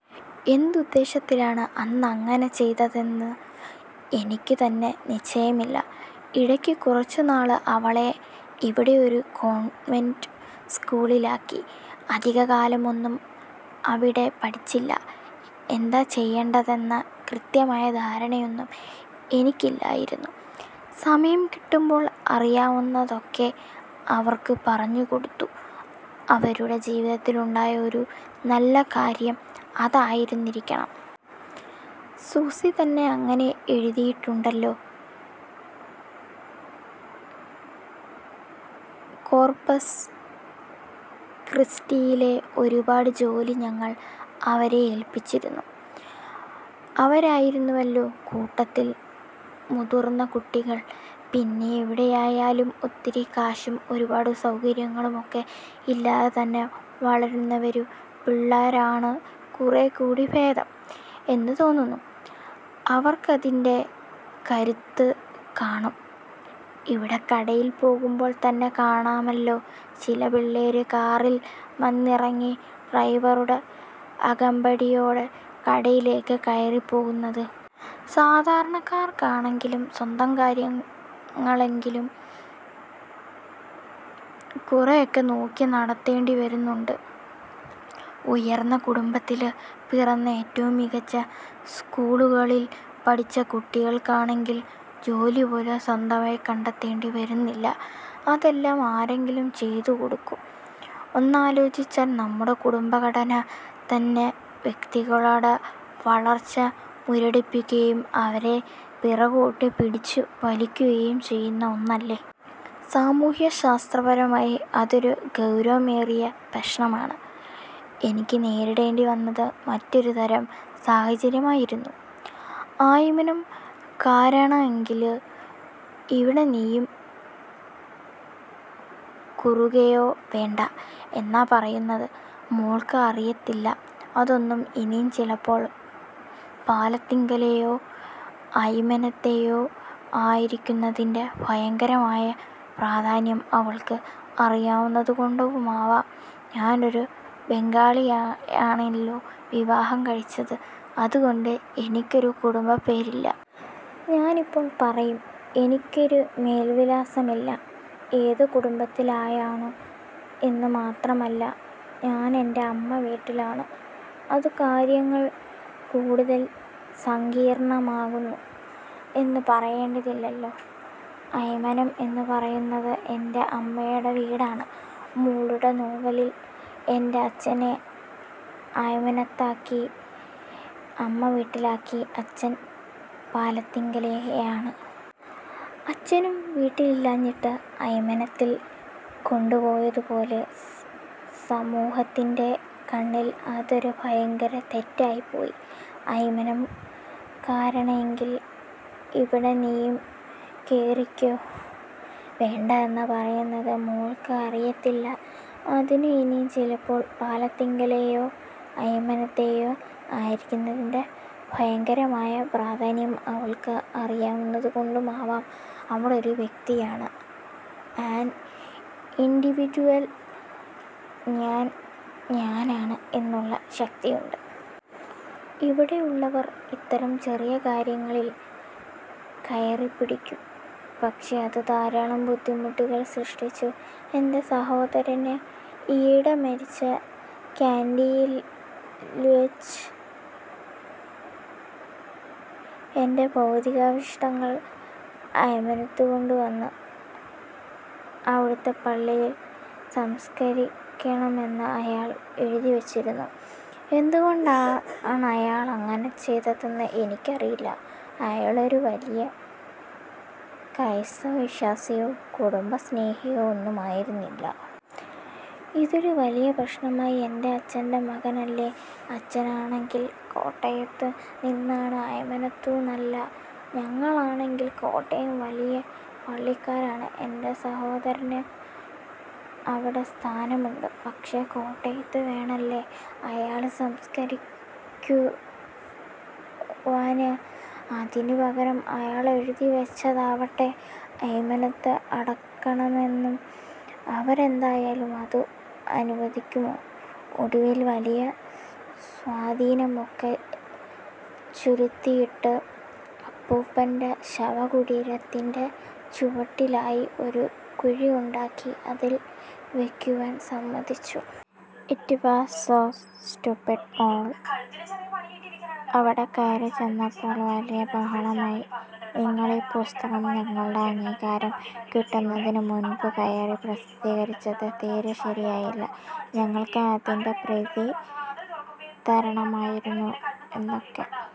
എന്തുദ്ദേശത്തിലാണ് അന്ന് അങ്ങനെ ചെയ്തതെന്ന് എനിക്കുതന്നെ നിശ്ചയമില്ല. ഇടയ്ക്ക് കുറച്ചുനാള് അവളെ ഇവിടെ ഒരു കോണ്വെന്റ് സ്കൂളിലാക്കി. അധികകാലമൊന്നും അവിടെ പഠിച്ചില്ല. എന്താ ചെയ്യേണ്ടതെന്ന കൃത്യമായ ധാരണയൊന്നും എനിക്കും ഇല്ലായിരുന്നു. സമയം കിട്ടുമ്പോള് അറിയാവുന്നതൊക്കെ അവര്ക്കു പറഞ്ഞുകൊടുത്തു. അവരുടെ ജീവിതത്തിലുണ്ടായ ഒരു നല്ല കാര്യം അതായിരുന്നിരിക്കണം. സൂസി തന്നെ അങ്ങനെ എഴുതിയിട്ടുണ്ടല്ലോ. കോര്പ്പസ്ക്രിസ്റ്റിയിലെ ഒരുപാട് ജോലി ഞങ്ങള് അവരെ ഏല്പിച്ചിരുന്നു. അവരായിരുന്നുവല്ലോ കൂട്ടത്തില് മുതിര്ന്ന കുട്ടികള്. പിന്നെ എവിടെയായാലും ഒത്തിരി കാശും ഒരുപാട് സൗകര്യങ്ങളും ഒക്കെ ഇല്ലാതെ തന്നെ വളര്ന്നുവരുന്ന പിള്ളേരാണ് കുറേക്കൂടി ഭേദം എന്നു തോന്നുന്നു. അവര്ക്കതിന്റെ കരുത്ത് കാണും. ഇവിടെ കടയില് പോകുമ്പോള് തന്നെ കാണാമല്ലോ ചില പിള്ളേര് കാറില് വന്നിറങ്ങി ഡ്രൈവറുടെ അകമ്പടിയോടെ കടയിലേക്കു കയറിപ്പോകുന്നത്. സാധാരണക്കാര്ക്കാണെങ്കില് സ്വന്തം കാര്യങ്ങളെങ്കിലും കുറേയൊക്കെ നോക്കി നടത്തേണ്ടിവരുന്നുണ്ട്. 'ഉയര്ന്ന' കുടുംബത്തില് പിറന്ന് ഏറ്റവും മികച്ച സ്കൂളുകളില് പഠിച്ച കുട്ടികള്ക്കാണെങ്കില് ജോലിപോലും സ്വന്തമായി കണ്ടെത്തേണ്ടി വരുന്നില്ല. അതെല്ലാം ആരെങ്കിലും ചെയ്തുകൊടുക്കും. ഒന്നാലോചിച്ചാല്, നമ്മുടെ കുടുംബഘടന തന്നെ വ്യക്തികളുടെ വളര്ച്ച മുരടിപ്പിക്കുകയും അവരെ പിറകോട്ടു പിടിച്ചു വലിക്കുകയും ചെയ്യുന്ന ഒന്നല്ലേ? സാമൂഹ്യശാസ്ത്രപരമായി അതൊരു ഗൗരവമേറിയ പ്രശ്നമാണ്. എനിക്കു നേരിടേണ്ടിവന്നത് മറ്റൊരുതരം സാഹചര്യമായിരുന്നു. 'അയ്മനം'കാരാണെങ്കില് ''ഇവിടിനിയും കേറുകയേ വേണ്ട'' എന്നാ പറയുന്നത്. മോള്ക്ക് അറിയത്തില്ല അതൊന്നും. ഇനി ചിലപ്പോള് 'പാലത്തിങ്കലെ'യോ 'അയ്മന'ത്തെയോ ആയിരിക്കുന്നതിന്റെ 'ഭയങ്കരമായ' പ്രാധാന്യം അവള്ക്ക് അറിയാവുന്നതുകൊണ്ടുമാവാം ഞാനൊരു ബംഗാളിയെയാണല്ലോ വിവാഹം കഴിച്ചത്. അതുകൊണ്ട് എനിക്കൊരു കുടംബപ്പേര് ഇല്ല. ഞാനെപ്പോഴും പറയും ''എനിക്കൊരു മേല്വിലാസം ഇല്ല. '' ഏതു കുടുംബത്തിലേയാണ്? എന്നു മാത്രമല്ല, ഞാനെന്റെ അമ്മ വീട്ടിലാണ്. അതു കാര്യങ്ങളെ കൂടുതല് സങ്കീര്ണ്ണമാക്കുന്നു എന്നു പറയേണ്ടതില്ലല്ലോ. 'അയ്മനം' എന്നു പറയുന്നത് എന്റെ അമ്മയുടെ വീടാണ്. മോളുടെ നോവലില് എന്റെ അച്ഛനെ അയ്മനത്താക്കി അമ്മവീട്ടിലാക്കി. അച്ഛന് പാലത്തിങ്കലേയാണ്. അച്ഛനു വീടില്ലാഞ്ഞിട്ട് അയ്മനത്തില് കൊണ്ടുപോയതുപോലെ. സമൂഹത്തിന്റെ കണ്ണില് അതൊരു ഭയങ്കര തെറ്റായിപ്പോയി. 'അയ്മനം'കാരാണെങ്കില് ''ഇവിടിനിയും കേറുകയേ വേണ്ട'' എന്നാ പറയുന്നത്. മോള്ക്ക് അറിയത്തില്ല അതൊന്നും. ഇനി ചിലപ്പോള് 'പാലത്തിങ്കലെ'യോ 'അയ്മന'ത്തെയോ ആയിരിക്കുന്നതിന്റെ 'ഭയങ്കരമായ' പ്രാധാന്യം അവള്ക്ക് അറിയാവുന്നതുകൊണ്ടുമാവാം. അവളൊരു വ്യക്തിയാണ്, ആന് ഇന്ഡിവിഡുവല്. ഞാന് ഞാനാണ് എന്നുള്ള ശക്തിയുണ്ട്. ഇവിടെയുള്ളവര് ഇത്തരം ചെറിയ കാര്യങ്ങളില് കയറിപ്പിടിക്കും. പക്ഷേ, അത് ധാരാളം ബുദ്ധിമുട്ടുകള് സൃഷ്ടിച്ചു. എന്റെ സഹോദരന് ഈയിടെ മരിച്ചു. കാനഡയില്വെച്ച്. 'എന്റെ ഭൗതികാവശിഷ്ടങ്ങള് അയ്മനത്തുകൊണ്ടുവന്ന് അവിടുത്തെ പള്ളിയില് സംസ്കരിക്കണമെന്ന്' അയാള് എഴുതിവെച്ചിരുന്നു. എന്തുകൊണ്ടാണയാളങ്ങനെ ചെയ്തതെന്ന് എനിക്കറിയില്ല. അയാളൊരു വലിയ ക്രൈസ്തവ വിശ്വാസിയോ 'കുടുംബ സ്നേഹിയോ' ഒന്നും ആയിരുന്നില്ല. ഇതൊരു വലിയ പ്രശ്നമായി. എന്റെ അച്ഛന്റെ മകനല്ലേ? അച്ഛനാണെങ്കില് കോട്ടയത്തു നിന്നാണ്, അയ്മനത്തൂന്നല്ല. ഞങ്ങളാണെങ്കില് കോട്ടയം വലിയ പള്ളിക്കാരാണ്. എന്റെ സഹോദരന് അവിടെ സ്ഥാനമുണ്ട്. പക്ഷേ, കോട്ടയത്തു വേണല്ലോ അയാളെ സംസ്കരിക്കുവാന്. അതിനു പകരം അയാളെഴുതി വെച്ചതാവട്ടെ അയ്മനത്ത് അടക്കണമെന്നും! അവരെന്തായാലും അത് അനുവദിക്കുമോ? ഒടുവില് വലിയ സ്വാധീനമൊക്കെ ചെലുത്തിയിട്ട് അപ്പൂപ്പന്റെ ശവകുടീരത്തിന്റെ ചുവട്ടിലായി ഒരു കുഴിയുണ്ടാക്കി അതില് വെക്കുവാന് സമ്മതിച്ചു. It was so stupid. മോള് അവിടെ കയറിച്ചെന്നപ്പോള് വലിയ ബഹളമായി. ''നിങ്ങളീ പുസ്തകം ഞങ്ങളുടെ അംഗീകാരം കിട്ടുന്നതിനു മുന്പു കയറി പ്രസിദ്ധീകരിച്ചത് തീരെ ശരിയായില്ല. ഞങ്ങള്ക്ക് അതിന്റെ പ്രതി തരണമായിരുന്നു''- എന്നൊക്കെ.